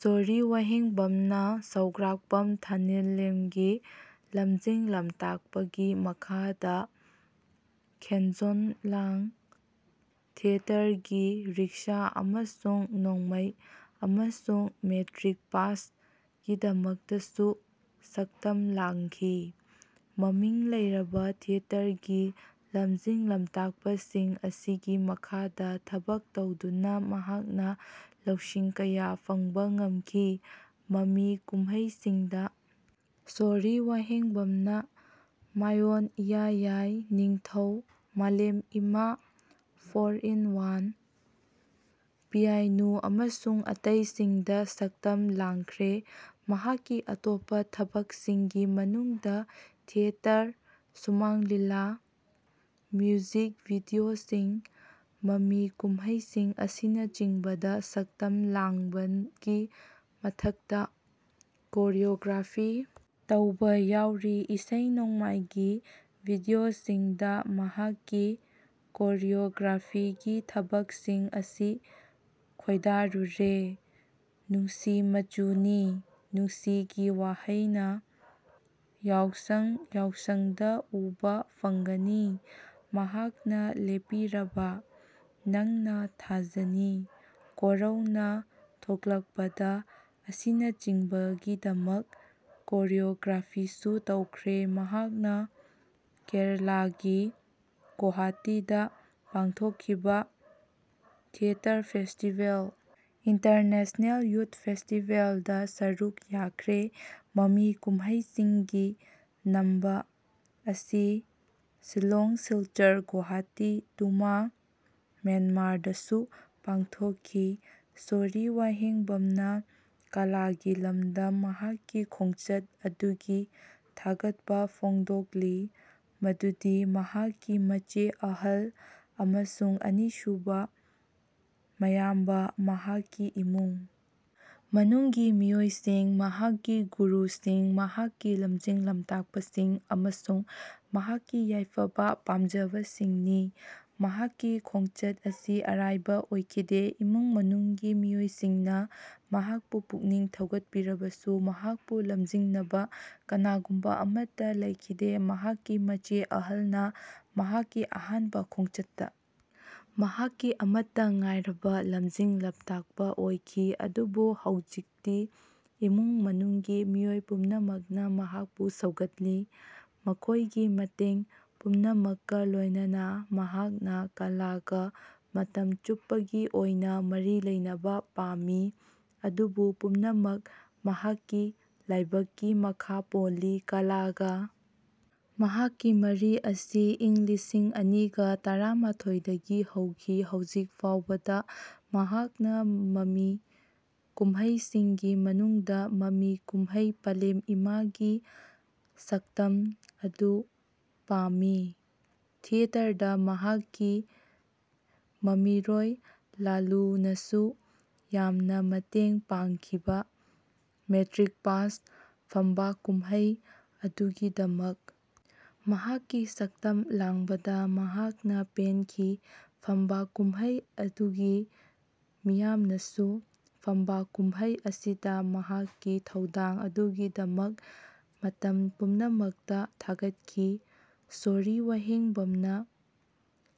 ꯁꯣꯔꯤ ꯋꯥꯍꯦꯡꯕꯝꯅ ꯁꯧꯒ꯭ꯔꯥꯛꯄꯝ ꯊꯥꯅꯤꯟꯂꯦꯃꯒꯤ ꯂꯝꯖꯤꯡ ꯂꯝꯇꯥꯛꯄꯒꯤ ꯃꯈꯥꯗ ꯈꯦꯟꯖꯣꯡꯂꯥꯡ ꯊꯤꯌꯦꯇꯔꯒꯤ "ꯔꯤꯛꯁꯥ ꯑꯃꯁꯨꯡ ꯅꯣꯡꯃꯩ" ꯑꯃꯁꯨꯡ "ꯃꯦꯇ꯭ꯔꯤꯛ ꯄꯥꯁ"ꯒꯤꯗꯃꯛꯇꯁꯨ ꯁꯛꯇꯝ ꯂꯥꯡꯈꯤ꯫ ꯃꯃꯤꯡ ꯂꯩꯔꯕ ꯊꯤꯌꯦꯇꯔꯒꯤ ꯂꯝꯖꯤꯡ ꯂꯝꯇꯥꯛꯄꯁꯤꯡ ꯑꯁꯤꯒꯤ ꯃꯈꯥꯗ ꯊꯕꯛ ꯇꯧꯗꯨꯅ ꯃꯍꯥꯛꯅ ꯂꯧꯁꯤꯡ ꯀꯌꯥ ꯐꯪꯕ ꯉꯝꯈꯤ꯫ ꯃꯃꯤ ꯀꯨꯝꯍꯩꯁꯤꯡꯗ ꯁꯣꯔꯤ ꯋꯥꯍꯦꯡꯕꯝꯅ ꯃꯥꯏ ꯑꯣꯟ, ꯏꯌꯥ ꯌꯥꯏ, ꯅꯤꯡꯊꯧ, ꯄꯂꯦꯝ ꯏꯃꯥ, ꯐꯣꯔ ꯏꯟ ꯋꯥꯟ, ꯄꯤꯌꯥꯏꯅꯨ ꯑꯃꯁꯨꯡ ꯑꯇꯩꯁꯤꯡꯗ ꯁꯛꯇꯝ ꯂꯥꯡꯈ꯭ꯔꯦ꯫ ꯃꯍꯥꯛꯀꯤ ꯑꯇꯣꯞꯄ ꯊꯕꯛꯁꯤꯡꯒꯤ ꯃꯅꯨꯡꯗ ꯊꯤꯌꯦꯇꯔ, ꯁꯨꯃꯥꯡ ꯂꯤꯂꯥ, ꯃ꯭ꯌꯨꯖꯤꯛ ꯚꯤꯗꯤꯑꯣꯁꯤꯡ, ꯃꯃꯤ ꯀꯨꯝꯍꯩꯁꯤꯡ ꯑꯁꯤꯅꯆꯤꯡꯕꯗ ꯁꯛꯇꯝ ꯂꯥꯡꯕꯒꯤ ꯃꯊꯛꯇ ꯀꯣꯔꯤꯑꯣꯒ꯭ꯔꯥꯐꯤ ꯇꯧꯕ ꯌꯥꯎꯔꯤ꯫ ꯏꯁꯩ ꯅꯣꯡꯃꯥꯏꯒꯤ ꯚꯤꯗꯤꯑꯣꯁꯤꯡꯗ ꯃꯍꯥꯛꯀꯤ ꯀꯣꯔꯤꯌꯣꯒ꯭ꯔꯥꯐꯤꯒꯤ ꯊꯕꯛꯁꯤꯡ ꯑꯁꯤ ꯈꯣꯏꯗꯥꯔꯨꯔꯦ, ꯅꯨꯡꯁꯤ ꯃꯆꯨꯅꯤ, ꯅꯨꯡꯁꯤꯒꯤ ꯋꯥꯍꯩꯅ, ꯌꯥꯎꯁꯡ ꯌꯥꯎꯁꯡꯗ ꯎꯕ ꯐꯪꯒꯅꯤ꯫ ꯃꯍꯥꯛꯅ ꯂꯦꯞꯄꯤꯔꯕ, ꯅꯪꯅ ꯊꯥꯖꯅꯤ, ꯀꯣꯔꯧꯅ ꯊꯣꯛꯂꯛꯄꯗ ꯑꯁꯤꯅꯆꯤꯡꯕꯒꯤꯗꯃꯛ ꯀꯣꯔꯤꯑꯣꯒ꯭ꯔꯥꯐꯤꯁꯨ ꯇꯧꯈ꯭ꯔꯦ꯫ ꯃꯍꯥꯛꯅ ꯀꯦꯔꯂꯥꯒꯤ ꯒꯨꯋꯥꯍꯥꯇꯤꯗ ꯄꯥꯡꯊꯣꯛꯈꯤꯕ ꯊꯤꯌꯦꯇꯔ ꯐꯦꯁꯇꯤꯚꯦꯜ, ꯏꯟꯇꯔꯅꯦꯁꯅꯦꯜ ꯌꯨꯊ ꯐꯦꯁꯇꯤꯚꯦꯜꯗ ꯁꯔꯨꯛ ꯌꯥꯈ꯭ꯔꯦ꯫ ꯃꯃꯤ ꯀꯨꯝꯍꯩꯁꯤꯡꯒꯤ ꯅꯝꯕ ꯑꯁꯤ ꯁꯤꯜꯂꯣꯡ, ꯁꯤꯜꯆꯔ, ꯒꯨꯋꯥꯍꯥꯇꯤ, ꯇꯥꯃꯨ (ꯃ꯭ꯌꯥꯟꯃꯥꯔ)ꯗꯁꯨ ꯄꯥꯡꯊꯣꯛꯈꯤ꯫ ꯁꯣꯔꯤ ꯋꯥꯍꯦꯡꯕꯝꯅ ꯀꯂꯥꯒꯤ ꯂꯝꯗ ꯃꯍꯥꯛꯀꯤ ꯈꯣꯡꯆꯠ ꯑꯗꯨꯒꯤ ꯊꯥꯒꯠꯄ ꯐꯣꯡꯗꯣꯛꯂꯤ ꯃꯗꯨꯗꯤ ꯃꯍꯥꯛꯀꯤ ꯃꯆꯦ ꯑꯍꯜ ꯑꯃꯁꯨꯡ ꯑꯅꯤꯁꯨꯕ ꯃꯌꯥꯝꯕ, ꯃꯍꯥꯛꯀꯤ ꯏꯃꯨꯡ ꯃꯅꯨꯡꯒꯤ ꯃꯤꯑꯣꯏꯁꯤꯡ, ꯃꯍꯥꯛꯀꯤ ꯒꯨꯔꯨꯁꯤꯡ, ꯃꯍꯥꯛꯀꯤ ꯂꯝꯖꯤꯡ ꯂꯝꯇꯥꯛꯄꯁꯤꯡ ꯑꯃꯁꯨꯡ ꯃꯍꯥꯛꯀꯤ ꯌꯥꯏꯐꯕ ꯄꯥꯝꯖꯕꯁꯤꯡꯅꯤ꯫ ꯃꯍꯥꯛꯀꯤ ꯈꯣꯡꯆꯠ ꯑꯁꯤ ꯑꯔꯥꯏꯕ ꯑꯣꯏꯈꯤꯗꯦ꯫ ꯏꯃꯨꯡ ꯃꯅꯨꯡꯒꯤ ꯃꯤꯑꯣꯏꯁꯤꯡꯅ ꯃꯍꯥꯛꯄꯨ ꯄꯨꯛꯅꯤꯡ ꯊꯧꯒꯠꯄꯤꯔꯕꯁꯨ ꯃꯍꯥꯛꯄꯨ ꯂꯝꯖꯤꯡꯅꯕ ꯀꯅꯥꯒꯨꯝꯕ ꯑꯃꯠꯇ ꯂꯩꯈꯤꯗꯦ꯫ ꯃꯍꯥꯛꯀꯤ ꯃꯆꯦ ꯑꯍꯜꯅ ꯃꯍꯥꯛꯀꯤ ꯑꯍꯥꯟꯕ ꯈꯣꯡꯆꯠꯇ ꯃꯍꯥꯛꯀꯤ ꯑꯃꯠꯇ ꯉꯥꯏꯔꯕ ꯂꯝꯖꯤꯡ ꯂꯝꯇꯥꯛꯄ ꯑꯣꯏꯈꯤ ꯑꯗꯨꯕꯨ ꯍꯧꯖꯤꯛꯇꯤ ꯏꯃꯨꯡ ꯃꯅꯨꯡꯒꯤ ꯃꯤꯑꯣꯏ ꯄꯨꯝꯅꯃꯛꯅ ꯃꯍꯥꯛꯄꯨ ꯁꯧꯒꯠꯂꯤ꯫ ꯃꯈꯣꯏꯒꯤ ꯃꯇꯦꯡ ꯄꯨꯝꯅꯃꯛꯀ ꯂꯣꯏꯅꯅ ꯃꯍꯥꯛꯅ ꯀꯂꯥꯒ ꯃꯇꯝ ꯆꯨꯞꯄꯒꯤ ꯑꯣꯏꯅ ꯃꯔꯤ ꯂꯩꯅꯕ ꯄꯥꯝꯃꯤ꯫ ꯑꯗꯨꯕꯨ ꯄꯨꯝꯅꯃꯛ ꯃꯍꯥꯛꯀꯤ ꯂꯥꯏꯕꯛꯀꯤ ꯃꯈꯥ ꯄꯣꯜꯂꯤ꯫ ꯀꯂꯥꯒ ꯃꯍꯥꯛꯀꯤ ꯃꯔꯤ ꯑꯁꯤ ꯏꯪ ꯂꯤꯁꯤꯡ ꯑꯅꯤꯒ ꯇꯔꯥꯃꯥꯊꯣꯏꯗꯒꯤ ꯍꯧꯈꯤ꯫ ꯍꯧꯖꯤꯛ ꯐꯥꯎꯕꯗ ꯃꯍꯥꯛꯅ ꯃꯃꯤ ꯀꯨꯝꯍꯩꯁꯤꯡꯒꯤ ꯃꯅꯨꯡꯗ ꯃꯃꯤ ꯀꯨꯝꯍꯩ 'ꯄꯥꯂꯦꯝ ꯏꯃꯥ'ꯒꯤ ꯁꯛꯇꯝ ꯑꯗꯨ ꯄꯥꯝꯃꯤ꯫ ꯊꯤꯌꯦꯇꯔꯗ ꯃꯍꯥꯛꯀꯤ ꯃꯃꯤꯔꯣꯏ ꯂꯥꯂꯨꯅꯁꯨ ꯌꯥꯝꯅ ꯃꯇꯦꯡ ꯄꯥꯡꯈꯤꯕ 'ꯃꯦꯇ꯭ꯔꯤꯛ ꯄꯥꯁ' ꯐꯝꯕꯥꯛ ꯀꯨꯝꯍꯩ ꯑꯗꯨꯒꯤꯗꯃꯛ ꯃꯍꯥꯛꯀꯤ ꯁꯛꯇꯝ ꯂꯥꯡꯕꯗ ꯃꯍꯥꯛꯅ ꯄꯦꯟꯈꯤ꯫ ꯐꯝꯕꯥꯛ ꯀꯨꯝꯍꯩ ꯑꯗꯨꯒꯤ ꯃꯤꯌꯥꯝꯅꯁꯨ ꯐꯝꯕꯥꯛ ꯀꯨꯝꯍꯩ ꯑꯁꯤꯗ ꯃꯍꯥꯛꯀꯤ ꯊꯧꯗꯥꯡ ꯑꯗꯨꯒꯤꯗꯃꯛ ꯃꯇꯝ ꯄꯨꯝꯅꯃꯛꯇ ꯊꯥꯒꯠꯈꯤ꯫ ꯁꯣꯔꯤ ꯋꯥꯍꯦꯡꯕꯝꯅ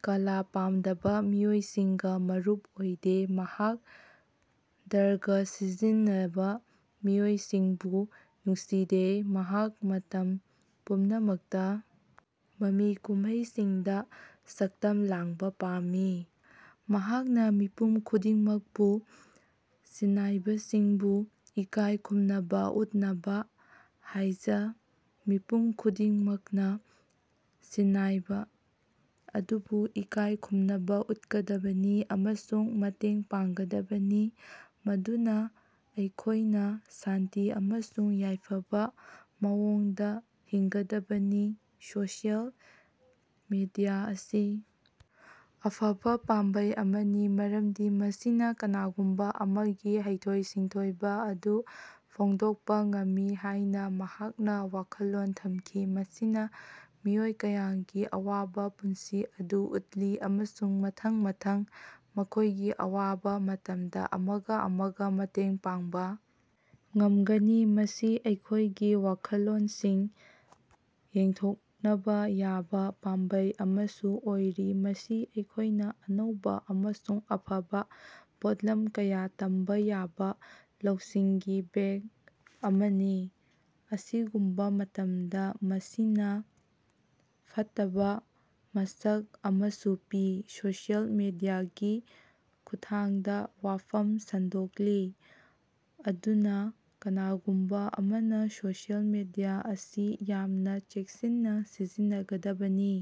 ꯀꯂꯥ ꯄꯥꯝꯗꯕ ꯃꯤꯑꯣꯏꯁꯤꯡꯒ ꯃꯔꯨꯞ ꯑꯣꯏꯗꯦ꯫ ꯃꯍꯥꯛ ꯗ꯭ꯔꯒ ꯁꯤꯖꯤꯟꯅꯕ ꯃꯤꯑꯣꯏꯁꯤꯡꯕꯨ ꯅꯨꯡꯁꯤꯗꯦ꯫ ꯃꯍꯥꯛ ꯃꯇꯝ ꯄꯨꯝꯅꯃꯛꯇ ꯃꯃꯤ ꯀꯨꯝꯍꯩꯁꯤꯡꯗ ꯁꯛꯇꯝ ꯂꯥꯡꯕ ꯄꯥꯝꯃꯤ꯫ ꯃꯍꯥꯛꯅ ꯃꯤꯄꯨꯝ ꯈꯨꯗꯤꯡꯃꯛꯄꯨ ꯁꯤꯟꯅꯥꯏꯕꯁꯤꯡꯕꯨ ꯏꯀꯥꯏ ꯈꯨꯝꯅꯕ ꯎꯠꯅꯕ ꯍꯥꯏꯖ ꯃꯤꯄꯨꯝ ꯈꯨꯗꯤꯡꯃꯛꯅ ꯁꯤꯟꯅꯥꯏꯕ ꯑꯗꯨꯕꯨ ꯏꯀꯥꯏ ꯈꯨꯝꯅꯕ ꯎꯠꯀꯗꯕꯅꯤ ꯑꯃꯁꯨꯡ ꯃꯇꯦꯡ ꯄꯥꯡꯒꯗꯕꯅꯤ ꯃꯗꯨꯅ ꯑꯩꯈꯣꯏꯅ ꯁꯥꯟꯇꯤ ꯑꯃꯁꯨꯡ ꯌꯥꯏꯐꯕ ꯃꯑꯣꯡꯗ ꯍꯤꯡꯒꯗꯕꯅꯤ꯫ ꯁꯣꯁꯤꯌꯦꯜ ꯃꯤꯗꯤꯌꯥ ꯑꯁꯤ ꯑꯐꯕ ꯄꯥꯝꯕꯩ ꯑꯃꯅꯤ ꯃꯔꯝꯗꯤ ꯃꯁꯤꯅ ꯀꯅꯥꯒꯨꯝꯕ ꯑꯃꯒꯤ ꯍꯩꯊꯣꯏ ꯁꯤꯡꯊꯣꯏꯕ ꯑꯗꯨ ꯐꯣꯡꯗꯣꯛꯄ ꯉꯝꯃꯤ ꯍꯥꯏꯅ ꯃꯍꯥꯛꯅ ꯋꯥꯈꯜꯂꯣꯟ ꯊꯝꯈꯤ꯫ ꯃꯁꯤꯅ ꯃꯤꯑꯣꯏ ꯀꯌꯥꯒꯤ ꯑꯋꯥꯕ ꯄꯨꯟꯁꯤ ꯑꯗꯨ ꯎꯠꯂꯤ ꯑꯃꯁꯨꯡ ꯃꯊꯪ ꯃꯊꯪ ꯃꯈꯣꯏꯒꯤ ꯑꯋꯥꯕ ꯃꯇꯝꯗ ꯑꯃꯒ ꯑꯃꯒ ꯃꯇꯦꯡ ꯄꯥꯡꯕ ꯉꯝꯒꯅꯤ꯫ ꯃꯁꯤ ꯑꯩꯈꯣꯏꯒꯤ ꯋꯥꯈꯜꯂꯣꯟꯁꯤꯡ ꯌꯦꯟꯊꯣꯛꯅꯕ ꯌꯥꯕ ꯄꯥꯝꯕꯩ ꯑꯃꯁꯨ ꯑꯣꯏꯔꯤ꯫ ꯃꯁꯤ ꯑꯩꯈꯣꯏꯅ ꯑꯅꯧꯕ ꯑꯃꯁꯨꯡ ꯑꯐꯕ ꯄꯣꯠꯂꯝ ꯀꯌꯥ ꯇꯝꯕ ꯌꯥꯕ ꯂꯧꯁꯤꯡꯒꯤ ꯕꯦꯡꯛ ꯑꯃꯅꯤ꯫ ꯀꯔꯤꯒꯨꯝꯕ ꯃꯇꯝꯗ ꯃꯁꯤꯅ ꯐꯠꯇꯕ ꯃꯁꯛ ꯑꯃꯁꯨ ꯄꯤ꯫ ꯁꯣꯁꯤꯌꯦꯜ ꯃꯤꯗꯤꯌꯥꯒꯤ ꯈꯨꯠꯊꯥꯡꯗ ꯋꯥꯐꯝ ꯁꯟꯗꯣꯛꯂꯤ꯫ ꯑꯗꯨꯅ ꯀꯅꯥꯒꯨꯝꯕ ꯑꯃꯅ ꯁꯣꯁꯤꯌꯦꯜ ꯃꯤꯗꯤꯌꯥ ꯑꯁꯤ ꯌꯥꯝꯅ ꯆꯦꯛꯁꯤꯟꯅ ꯁꯤꯖꯤꯟꯅꯒꯗꯕꯅꯤ